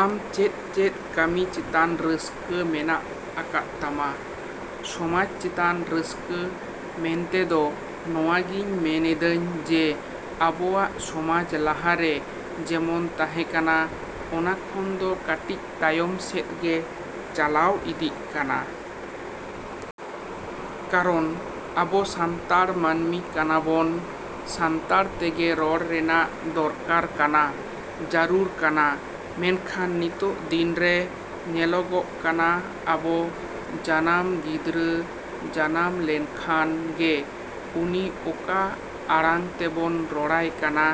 ‎ᱟᱢ ᱪᱮᱫ ᱪᱮᱫ ᱠᱟᱹᱢᱤ ᱪᱮᱛᱟᱱ ᱨᱟᱹᱥᱠᱟᱹ ᱢᱮᱱᱟᱜ ᱟᱠᱟᱫ ᱛᱟᱢᱟ? ᱥᱚᱢᱟᱡᱽ ᱪᱮᱛᱟᱱ ᱨᱟᱹᱥᱠᱟᱹ ᱢᱮᱱᱛᱮᱫᱚ ᱱᱚᱣᱟ ᱜᱮᱧ ᱢᱮᱱᱮᱫᱟᱹᱧ ᱡᱮ ᱟᱵᱚᱣᱟᱜ ᱥᱚᱢᱟᱡᱽ ᱞᱟᱦᱟ ᱨᱮ ᱡᱮᱢᱚᱱ ᱛᱟᱦᱮᱸ ᱠᱟᱱᱟ ᱚᱱᱟ ᱠᱷᱚᱱ ᱫᱚ ᱠᱟᱹᱴᱤᱡ ᱛᱟᱭᱚᱢ ᱥᱮᱫ ᱜᱮ ᱪᱟᱞᱟᱣ ᱤᱫᱤᱜ ᱠᱟᱱᱟ᱾ ᱠᱟᱨᱚᱱ ᱟᱵᱚ ᱥᱟᱱᱛᱟᱲ ᱢᱟᱹᱱᱢᱤ ᱠᱟᱱᱟ ᱵᱚᱱ, ᱥᱟᱱᱛᱟᱲ ᱛᱮᱜᱮ ᱨᱚᱲ ᱨᱮᱱᱟᱜ ᱫᱚᱨᱠᱟᱨ ᱠᱟᱱᱟ, ᱡᱟᱹᱨᱩᱲ ᱠᱟᱱᱟ᱾ ᱢᱮᱱᱠᱷᱟᱱ ᱱᱤᱛᱚᱜ ᱫᱤᱱ ᱨᱮ ᱧᱮᱞᱚᱜᱚᱜ ᱠᱟᱱᱟ ᱟᱵᱚ ᱡᱟᱱᱟᱢ ᱜᱤᱫᱽᱨᱟᱹ ᱡᱟᱱᱟᱢ ᱞᱮᱱᱠᱷᱟᱱ ᱜᱮ ᱩᱱᱤ ᱚᱠᱟ ᱟᱲᱟᱝ ᱛᱮᱵᱚᱱ ᱨᱚᱲᱟᱭ ᱠᱟᱱᱟ?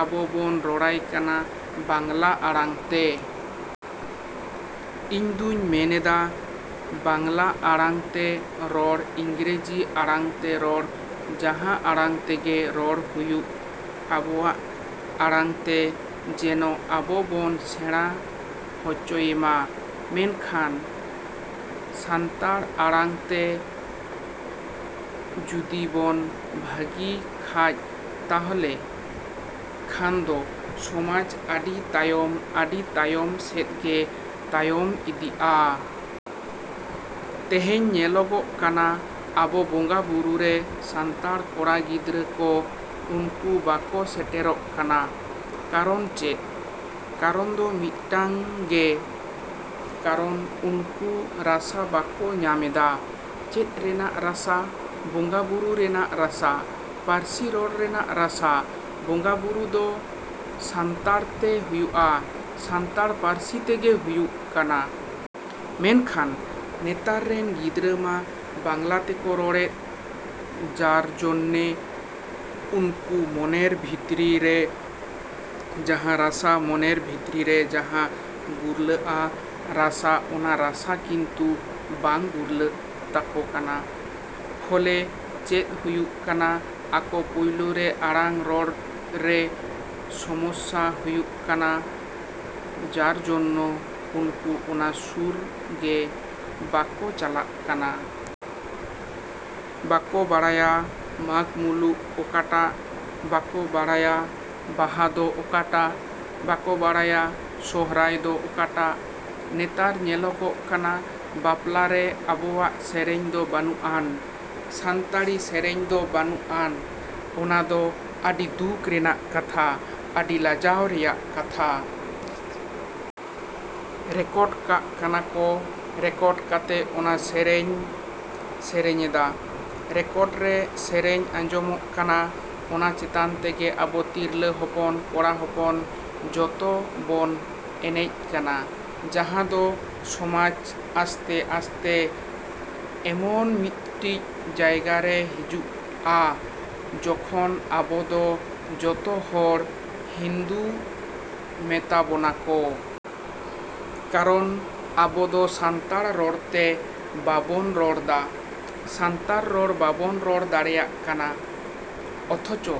ᱟᱵᱚ ᱵᱚᱱ ᱨᱚᱲᱟᱭ ᱠᱟᱱᱟ ᱵᱟᱝᱞᱟ ᱟᱲᱟᱝ ᱛᱮ᱾ ᱤᱧᱫᱩᱧ ᱢᱮᱱᱮᱫᱟ ᱵᱟᱝᱞᱟ ᱟᱲᱟᱝ ᱛᱮ ᱨᱚᱲ, ᱤᱝᱨᱮᱡᱤ ᱟᱲᱟᱝ ᱛᱮ ᱨᱚᱲ, ᱡᱟᱦᱟᱸ ᱟᱲᱟᱝ ᱛᱮᱜᱮ ᱨᱚᱲ ᱦᱩᱭᱩᱜ, ᱟᱵᱚᱣᱟᱜ ᱟᱲᱟᱝ ᱛᱮ ᱡᱮᱱᱚ ᱟᱵᱚ ᱵᱚᱱ ᱥᱮᱬᱟ ᱦᱚᱪᱚᱭᱮᱢᱟ᱾ ᱢᱮᱱᱠᱷᱟᱱ ᱥᱟᱱᱛᱟᱲ ᱟᱲᱟᱝ ᱛᱮ ᱡᱩᱫᱤ ᱵᱚᱱ ᱵᱷᱟᱹᱜᱤ ᱠᱷᱟᱡ ᱛᱟᱦᱚᱞᱮ ᱠᱷᱟᱱᱫᱚ ᱥᱚᱢᱟᱡᱽ ᱟᱹᱰᱤ ᱛᱟᱭᱚᱢ, ᱟᱹᱰᱤ ᱛᱟᱭᱚᱢ ᱥᱮᱫ ᱜᱮ ᱛᱟᱭᱚᱢ ᱤᱫᱤᱜᱼᱟ᱾ ᱛᱮᱦᱮᱧ ᱧᱮᱞᱚᱜᱚᱜ ᱠᱟᱱᱟ ᱟᱵᱚ ᱵᱚᱸᱜᱟ ᱵᱩᱨᱩ ᱨᱮ ᱥᱟᱱᱛᱟᱲ ᱠᱚᱲᱟ ᱜᱤᱫᱽᱨᱟᱹ ᱠᱚ ᱩᱱᱠᱩ ᱵᱟᱠᱚ ᱥᱮᱴᱮᱨᱚᱜ ᱠᱟᱱᱟ᱾ ᱠᱟᱨᱚᱱ ᱪᱮᱫ? ᱠᱟᱨᱚᱱ ᱫᱚ ᱢᱤᱫᱴᱟᱹᱝ ᱜᱮ ᱠᱟᱨᱚᱱ ᱩᱱᱠᱩ ᱨᱟᱥᱟ ᱵᱟᱠᱚ ᱧᱟᱢᱮᱫᱟ᱾ ᱪᱮᱫ ᱨᱮᱱᱟᱜ ᱨᱟᱥᱟ? ᱵᱚᱸᱜᱟ ᱵᱩᱨᱩ ᱨᱮᱱᱟᱜ ᱨᱟᱥᱟ, ᱯᱟᱹᱨᱥᱤ ᱨᱚᱲ ᱨᱮᱱᱟᱜ ᱨᱟᱥᱟ ᱵᱚᱸᱜᱟ ᱵᱩᱨᱩ ᱫᱚ ᱥᱟᱱᱛᱟᱲ ᱛᱮ ᱦᱩᱭᱩᱜᱼᱟ, ᱥᱟᱱᱛᱟᱲ ᱯᱟᱹᱨᱥᱤ ᱛᱮᱜᱮ ᱦᱩᱭᱩᱜ ᱠᱟᱱᱟ᱾ ᱢᱮᱱᱠᱷᱟᱱ ᱱᱮᱛᱟᱨ ᱨᱮᱱ ᱜᱤᱫᱽᱨᱟᱹ ᱢᱟ ᱵᱟᱝᱞᱟ ᱛᱮᱠᱚ ᱨᱚᱲᱮᱫ ᱡᱟᱨᱡᱚᱱᱱᱮ ᱩᱱᱠᱩ ᱢᱚᱱᱮᱨ ᱵᱷᱤᱛᱨᱤ ᱨᱮ ᱡᱟᱦᱟᱸ ᱨᱟᱥᱟ, ᱢᱚᱱᱮᱨ ᱵᱷᱤᱛᱨᱤ ᱨᱮ ᱡᱟᱦᱟᱸ ᱜᱩᱨᱞᱟᱹᱜᱼᱟ ᱨᱟᱥᱟ ᱚᱱᱟ ᱨᱟᱥᱟ ᱠᱤᱱᱛᱩ ᱵᱟᱝ ᱜᱩᱨᱞᱟᱹᱜ ᱛᱟᱠᱚ ᱠᱟᱱᱟ᱾ ᱯᱷᱚᱞᱮ ᱪᱮᱫ ᱦᱩᱭᱩᱜ ᱠᱟᱱᱟ? ᱟᱠᱚ ᱯᱩᱭᱞᱩ ᱨᱮ ᱟᱲᱟᱝ ᱨᱚᱲ ᱨᱮ ᱥᱚᱢᱚᱥᱥᱟ ᱦᱩᱭᱩᱜ ᱠᱟᱱᱟ ᱡᱟᱨᱡᱚᱱᱱᱚ ᱩᱱᱠᱩ ᱚᱱᱟ ᱥᱩᱨ ᱜᱮ ᱵᱟᱠᱚ ᱪᱟᱞᱟᱜ ᱠᱟᱱᱟ᱾ ᱵᱟᱠᱚ ᱵᱟᱲᱟᱭᱟ ᱢᱟᱜᱽᱢᱩᱞᱩᱜ ᱚᱠᱟᱴᱟᱜ, ᱵᱟᱠᱚ ᱵᱟᱲᱟᱭᱟ ᱵᱟᱦᱟ ᱫᱚ ᱚᱠᱟᱴᱟᱜ, ᱵᱟᱠᱚ ᱵᱟᱲᱟᱭᱟ ᱥᱚᱦᱨᱟᱭ ᱫᱚ ᱚᱠᱟᱴᱟᱜ᱾ ᱱᱮᱛᱟᱨ ᱧᱮᱞᱚᱜᱚᱜ ᱠᱟᱱᱟ ᱵᱟᱯᱞᱟ ᱨᱮ ᱟᱵᱚᱣᱟᱜ ᱥᱮᱨᱮᱧ ᱫᱚ ᱵᱟᱹᱱᱩᱜᱼᱟᱱ, ᱥᱟᱱᱛᱟᱲᱤ ᱥᱮᱨᱮᱧ ᱫᱚ ᱵᱟᱹᱱᱩᱜᱼᱟᱱ᱾ ᱚᱱᱟ ᱫᱚ ᱟᱹᱰᱤ ᱫᱩᱠ ᱨᱮᱱᱟᱜ ᱠᱟᱛᱷᱟ, ᱟᱹᱰᱤ ᱞᱟᱡᱟᱣ ᱨᱮᱭᱟᱜ ᱠᱟᱛᱷᱟ᱾ ᱨᱮᱠᱚᱰ ᱠᱟᱜ ᱠᱟᱱᱟ ᱠᱚ, ᱨᱮᱠᱚᱰ ᱠᱟᱛᱮ ᱚᱱᱟ ᱥᱮᱨᱮᱧ ᱥᱮᱨᱮᱧᱮᱫᱟ᱾ ᱨᱮᱠᱚᱰ ᱨᱮ ᱥᱮᱨᱮᱧ ᱟᱸᱡᱚᱢᱚᱜ ᱠᱟᱱᱟ ᱚᱱᱟ ᱪᱮᱛᱟᱱ ᱛᱮᱜᱮ ᱟᱵᱚ ᱛᱤᱨᱞᱟᱹ ᱦᱚᱯᱚᱱ, ᱠᱚᱲᱟ ᱦᱚᱯᱚᱱ ᱡᱚᱛᱚ ᱵᱚᱱ ᱮᱱᱮᱡ ᱠᱟᱱᱟ᱾ ᱡᱟᱦᱟᱸ ᱫᱚ ᱥᱚᱢᱟᱡᱽ ᱟᱥᱛᱮᱼᱟᱥᱛᱮ ᱮᱢᱚᱱ ᱢᱤᱫᱴᱤᱡ ᱡᱟᱭᱜᱟ ᱨᱮ ᱦᱤᱡᱩᱜᱼᱟ ᱡᱚᱠᱷᱚᱱ ᱟᱵᱚ ᱫᱚ ᱡᱚᱛᱚ ᱦᱚᱲ ᱦᱤᱱᱫᱩ ᱢᱮᱛᱟ ᱵᱚᱱᱟ ᱠᱚ᱾ ᱠᱟᱨᱚᱱ ᱟᱵᱚᱫᱚ ᱥᱟᱱᱛᱟᱲ ᱨᱚᱲ ᱛᱮ ᱵᱟᱵᱚᱱ ᱨᱚᱲ ᱫᱟ, ᱥᱟᱱᱛᱟᱲ ᱨᱚᱲ ᱵᱟᱵᱚᱱ ᱨᱚᱲ ᱫᱟᱲᱮᱭᱟᱜ ᱠᱟᱱᱟ᱾ ᱚᱛᱷᱚᱪᱚ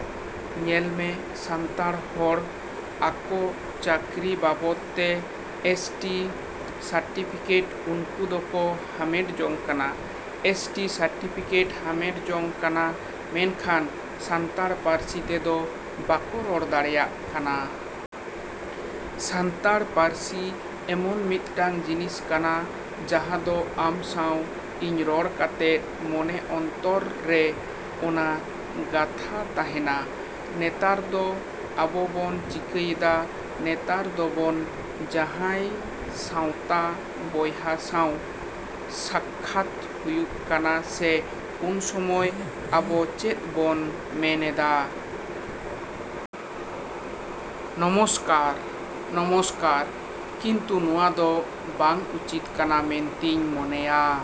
ᱧᱮᱞᱢᱮ ᱥᱟᱱᱛᱟᱲ ᱦᱚᱲ ᱟᱠᱚ ᱪᱟᱹᱠᱨᱤ ᱵᱟᱵᱚᱛ ᱛᱮ ᱮᱥ. ᱴᱤ. ᱥᱟᱨᱴᱤᱯᱷᱤᱠᱮᱴ ᱩᱱᱠᱩ ᱫᱚᱠᱚ ᱦᱟᱢᱮᱴ ᱡᱚᱝ ᱠᱟᱱᱟ᱾ ᱮᱥ. ᱴᱤ. ᱥᱟᱨᱴᱤᱯᱷᱤᱠᱮᱴ ᱦᱟᱢᱮᱴ ᱡᱚᱝ ᱠᱟᱱᱟ ᱢᱮᱱᱠᱷᱟᱱ ᱥᱟᱱᱛᱟᱲ ᱯᱟᱹᱨᱥᱤ ᱛᱮᱫᱚ ᱵᱟᱠᱚ ᱨᱚᱲ ᱫᱟᱲᱮᱭᱟᱜ ᱠᱟᱱᱟ᱾ ᱥᱟᱱᱛᱟᱲ ᱯᱟᱹᱨᱥᱤ ᱮᱢᱚᱱ ᱢᱤᱫᱴᱟᱝ ᱡᱤᱱᱤᱥ ᱠᱟᱱᱟ ᱡᱟᱦᱟᱸ ᱫᱚ ᱟᱢ ᱥᱟᱶ ᱤᱧ ᱨᱚᱲ ᱠᱟᱛᱮᱫ ᱢᱚᱱᱮ ᱚᱱᱛᱚᱨ ᱨᱮ ᱚᱱᱟ ᱜᱟᱛᱷᱟ ᱛᱟᱦᱮᱱᱟ᱾ ᱱᱮᱛᱟᱨ ᱫᱚ ᱟᱵᱚᱼᱵᱚᱱ ᱪᱤᱠᱟᱹᱭᱮᱫᱟ? ᱱᱮᱛᱟᱨ ᱫᱚᱵᱚᱱ ᱡᱟᱦᱟᱸᱭ ᱥᱟᱶᱛᱮ ᱵᱚᱭᱦᱟ ᱥᱟᱶ ᱥᱟᱠᱠᱷᱟᱛ ᱦᱩᱭᱩᱜ ᱠᱟᱱᱟ ᱥᱮ ᱩᱱ ᱥᱚᱢᱚᱭ ᱟᱵᱚ ᱪᱮᱫ ᱵᱚᱱ ᱢᱮᱱᱮᱫᱟ? ᱱᱚᱢᱚᱥᱠᱟᱨ, ᱱᱚᱢᱚᱥᱠᱟᱨ᱾ ᱠᱤᱱᱛᱩ ᱱᱚᱣᱟ ᱫᱚ ᱵᱟᱝ ᱩᱪᱤᱛ ᱠᱟᱱᱟ ᱢᱮᱱᱛᱮᱧ ᱢᱚᱱᱮᱭᱟ᱾